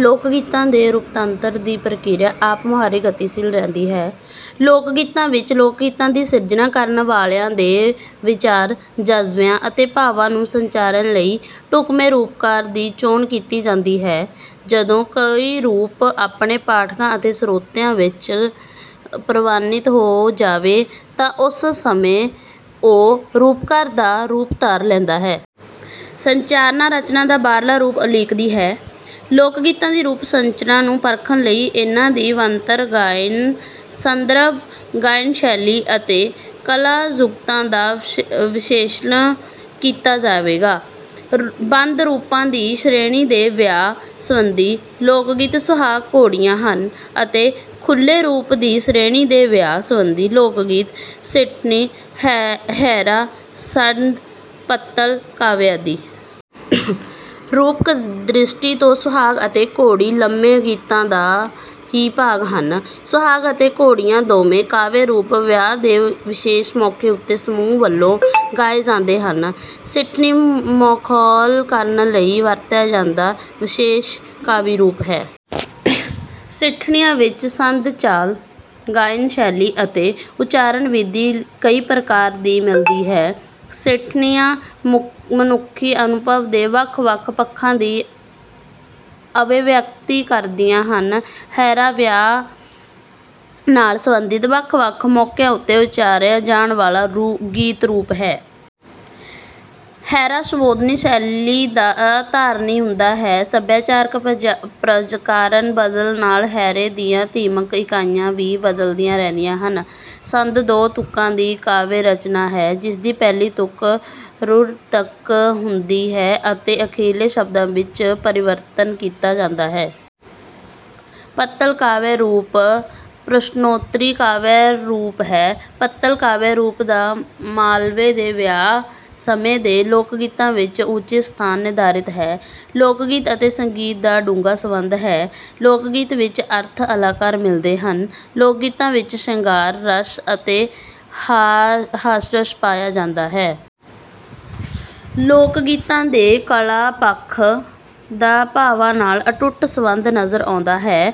ਲੋਕਗੀਤਾਂ ਦੀ ਰੂਪਾਂਤਰਨ ਦੀ ਪ੍ਰਕਿਰਿਆ ਆਪ-ਮੁਹਾਰੇ ਗਤੀਸ਼ੀਲ ਰਹਿੰਦੀ ਹੈ। ਲੋਕਗੀਤਾਂ ਵਿੱਚ ਲੋਕਗੀਤਾਂ ਦੀ ਸਿਰਜਣਾ ਕਰਨ ਵਾਲਿਆਂ ਦੇ ਵਿਚਾਰਾਂ, ਜਜ਼ਬਿਆਂ ਅਤੇ ਭਾਵਾਂ ਨੂੰ ਸੰਚਾਰਨ ਲਈ ਢੁੱਕਵੇਂ ਰੂਪਾਕਾਰ ਦੀ ਚੋਣ ਕੀਤੀ ਜਾਂਦੀ ਹੈ। ਜਦੋਂ ਕੋਈ ਰੂਪ ਆਪਣੇ ਪਾਠਕਾਂ ਅਤੇ ਸਰੋਤਿਆਂ ਵਿੱਚ ਪ੍ਰਵਾਨਿਤ ਹੋ ਜਾਵੇ, ਤਾਂ ਉਸ ਸਮੇਂ ਉਹ ਰੂਪਾਕਾਰ ਦਾ ਰੂਪ ਧਾਰ ਲੈਂਦਾ ਹੈ। ਸੰਰਚਨਾ ਰਚਨਾ ਦਾ ਬਾਹਰਲਾ ਰੂਪ ਉਲੀਕਦੀ ਹੈ। ਲੋਕਗੀਤਾਂ ਦੀ ਰੂਪ-ਸੰਰਚਨਾ ਨੂੰ ਪਰਖਣ ਲਈ ਇਨ੍ਹਾਂ ਦੀ ਬਣਤਰ, ਗਾਇਨ-ਸੰਦਰਭ, ਗਾਇਨ-ਸ਼ੈਲੀ ਅਤੇ ਕਲਾ-ਜੁਗਤਾਂ ਦਾ ਵਿਸ਼ਲੇਸ਼ਣ ਕੀਤਾ ਜਾਵੇਗਾ। ਬੰਦ ਰੂਪਾਂ ਦੀ ਸ਼੍ਰੇਣੀ ਦੇ ਵਿਆਹ ਸਬੰਧੀ ਲੋਕਗੀਤ ਸੁਹਾਗ-ਘੋੜੀ ਹਨ, ਅਤੇ ਖੁੱਲ੍ਹੇ ਰੂਪਾਂ ਦੀ ਸ਼੍ਰੇਣੀ ਦੇ ਵਿਆਹ ਸੰਬੰਧੀ ਲੋਕਗੀਤ ਸਿੱਠਣੀ, ਹੇਅਰਾ, ਛੰਦ, ਪੱਤਲ ਕਾਵਿ ਹਨ। ਰੂਪਕ-ਦ੍ਰਿਸ਼ਟੀ ਤੋਂ ਸੁਹਾਗ ਅਤੇ ਘੋੜੀ ਲੰਮੇ ਗੀਤਾਂ ਦਾ ਹੀ ਭਾਗ ਹਨ। ਸੁਹਾਗ ਅਤੇ ਘੋੜੀਆਂ ਦੋਵੇਂ ਕਾਵਿ-ਰੂਪ ਵਿਆਹ ਦੇ ਵਿਸ਼ੇਸ਼ ਮੌਕੇ ਉੱਤੇ ਸਮੂਹ ਵੱਲੋਂ ਗਾਏ ਜਾਂਦੇ ਹਨ। ਸਿੱਠਣੀ ਮਖੌਲ ਕਰਨ ਲਈ ਵਰਤਿਆ ਜਾਂਦਾ ਵਿਸ਼ੇਸ਼ ਕਾਵਿ-ਰੂਪ ਹੈ। ਸਿੱਠਣੀਆਂ ਵਿੱਚ ਛੰਦ-ਚਾਲ, ਗਾਇਨ-ਸ਼ੈਲੀ ਅਤੇ ਉਚਾਰਨ-ਵਿਧੀ ਕਈ ਪ੍ਰਕਾਰ ਦੀ ਮਿਲਦੀ ਹੈ। ਸਿੱਠਣੀਆਂ ਮਨੁੱਖੀ ਅਨੁਭਵ ਦੇ ਵੱਖ-ਵੱਖ ਪੱਖਾਂ ਦੀ ਅਭਿਵਿਅਕਤੀ ਕਰਦੀਆਂ ਹਨ। ਹੇਅਰਾ ਵਿਆਹ ਨਾਲ ਸਬੰਧਿਤ ਵੱਖ-ਵੱਖ ਮੌਕਿਆਂ ਉੱਤੇ ਉਚਾਰਿਆ ਜਾਣ ਵਾਲਾ ਗੀਤ-ਰੂਪ ਹੈ। ਹੇਅਰਾ ਸੰਬੋਧਨੀ ਸ਼ੈਲੀ ਦਾ ਧਾਰਨੀ ਹੁੰਦਾ ਹੈ। ਸੱਭਿਆਚਾਰਕ ਪ੍ਰਕਾਰਜ ਬਦਲਣ ਨਾਲ ਹੇਅਰੇ ਦੀਆਂ ਥੀਮਕ ਇਕਾਈਆਂ ਵੀ ਬਦਲਦੀਆਂ ਰਹਿੰਦੀਆਂ ਹਨ। ਛੰਦ ਦੋ ਤੁਕਾਂ ਦੀ ਕਾਵਿ-ਰਚਨਾ ਹੈ, ਜਿਸਦੀ ਪਹਿਲੀ ਤੁਕ ਰੂੜ੍ਹ ਤੁਕ ਹੁੰਦੀ ਹੈ ਅਤੇ ਅਖਰੀਲੇ ਸ਼ਬਦਾਂ ਵਿੱਚ ਪਰਿਵਰਤਨ ਕੀਤਾ ਜਾਂਦਾ ਹੈ। ਪੱਤਲ ਕਾਵਿ-ਰੂਪ ਪ੍ਰਸ਼ਨੋਤਰੀ ਕਾਵਿ-ਰੂਪ ਹੈ। ਪੱਤਲ ਕਾਵਿ-ਰੂਪ ਦਾ ਮਾਲਵੇ ਦੇ ਵਿਆਹ ਸਮੇਂ ਦੇ ਲੋਕਗੀਤਾਂ ਵਿੱਚ ਉਚਿਤ ਸਥਾਨ ਨਿਰਧਾਰਤ ਹੈ। ਲੋਕਗੀਤ ਅਤੇ ਸੰਗੀਤ ਦਾ ਡੂੰਘਾ ਸੰਬੰਧ ਹੈ। ਲੋਕਗੀਤਾਂ ਵਿੱਚ ਅਰਥ-ਅਲੰਕਾਰ ਮਿਲਦੇ ਹਨ। ਲੋਕਗੀਤਾਂ ਵਿੱਚ ਸ਼ਿੰਗਾਰ ਰਸ ਤੇ ਹਾਸਰਸ ਪਾਇਆ ਜਾਂਦਾ ਹੈ। ਲੋਕਗੀਤਾਂ ਦੇ ਕਲਾ-ਪੱਖ ਦਾ ਭਾਵਾਂ ਨਾਲ ਅਤੁੱਟ ਸੰਬੰਧ ਨਜ਼ਰ ਆਉਂਦਾ ਹੈ।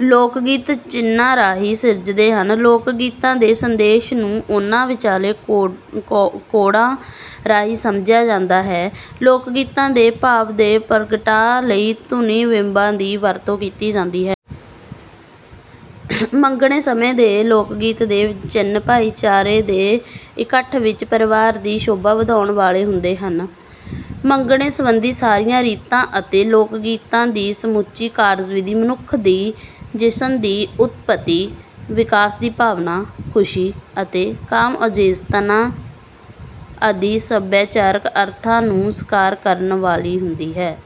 ਲੋਕਗੀਤ ਚਿੰਨ੍ਹਾਂ ਰਾਹੀਂ ਸਿਰਜੇ ਜਾਂਦੇ ਹਨ। ਲੋਕਗੀਤਾਂ ਦੇ ਸੰਦੇਸ਼ਾਂ ਨੂੰ ਉਨ੍ਹਾਂ ਵਿਚਲੇ ਕੋਡਾਂ ਰਾਹੀਂ ਸਮਝਿਆ ਜਾਂਦਾ ਹੈ। ਲੋਕਗੀਤਾਂ ਦੇ ਭਾਵਾਂ ਦੇ ਪ੍ਰਗਟਾਅ ਲਈ ਧੁਨੀ-ਬਿੰਬਾਂ ਦੀ ਵਰਤੋਂ ਕੀਤੀ ਜਾਂਦੀ ਹੈ। ਮੰਗਣੇ ਸਮੇਂ ਦੇ ਲੋਕਗੀਤ ਦੇ ਚਿੰਨ੍ਹ ਭਾਈਚਾਰੇ ਦੇ ਇਕੱਠ ਵਿੱਚ ਪਰਿਵਾਰ ਦੀ ਸ਼ੋਭਾ ਵਧਾਉਣ ਵਾਲੇ ਹੁੰਦੇ ਹਨ। ਮੰਗਣੇ ਸੰਬੰਧੀ ਸਾਰੀਆਂ ਰੀਤਾਂ ਅਤੇ ਲੋਕਗੀਤਾਂ ਦੀ ਸਮੁੱਚੀ ਕਾਰਜਵਿਧੀ ਮਨੁੱਖ ਦੀ ਜਿਣਸ ਦੀ ਉਤਪਤੀ, ਵਿਕਾਸ ਦੀ ਭਾਵਨਾ, ਖੁਸ਼ੀ ਅਤੇ ਕਾਮ-ਉਤੇਜਨਾ ਆਦਿ ਸਭਿਆਚਾਰਕ ਅਰਥਾਂ ਨੂੰ ਸਾਕਾਰ ਕਰਨ ਵਾਲੀ ਹੁੰਦੀ ਹੈ।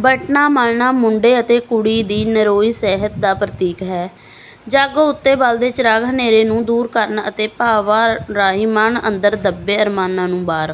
ਵਟਣਾ-ਮਲਣਾ ਮੁੰਡੇ ਅਤੇ ਕੁੜੀ ਦੀ ਨਰੋਈ ਸਿਹਤ ਦਾ ਪ੍ਰਤੀਕ ਹੈ। ਜਾਗੋ ਉੱਤੇ ਬਲਦੇ ਚਿਰਾਗ ਹਨੇਰੇ ਨੂੰ ਦੂਰ ਕਰਨ ਦੇ ਭਾਵਾਂ ਰਾਹੀਂ ਮਨ ਅੰਦਰ ਦੱਬੇ ਅਰਮਾਨਾਂ ਨੂੰ ਬਾਹਰ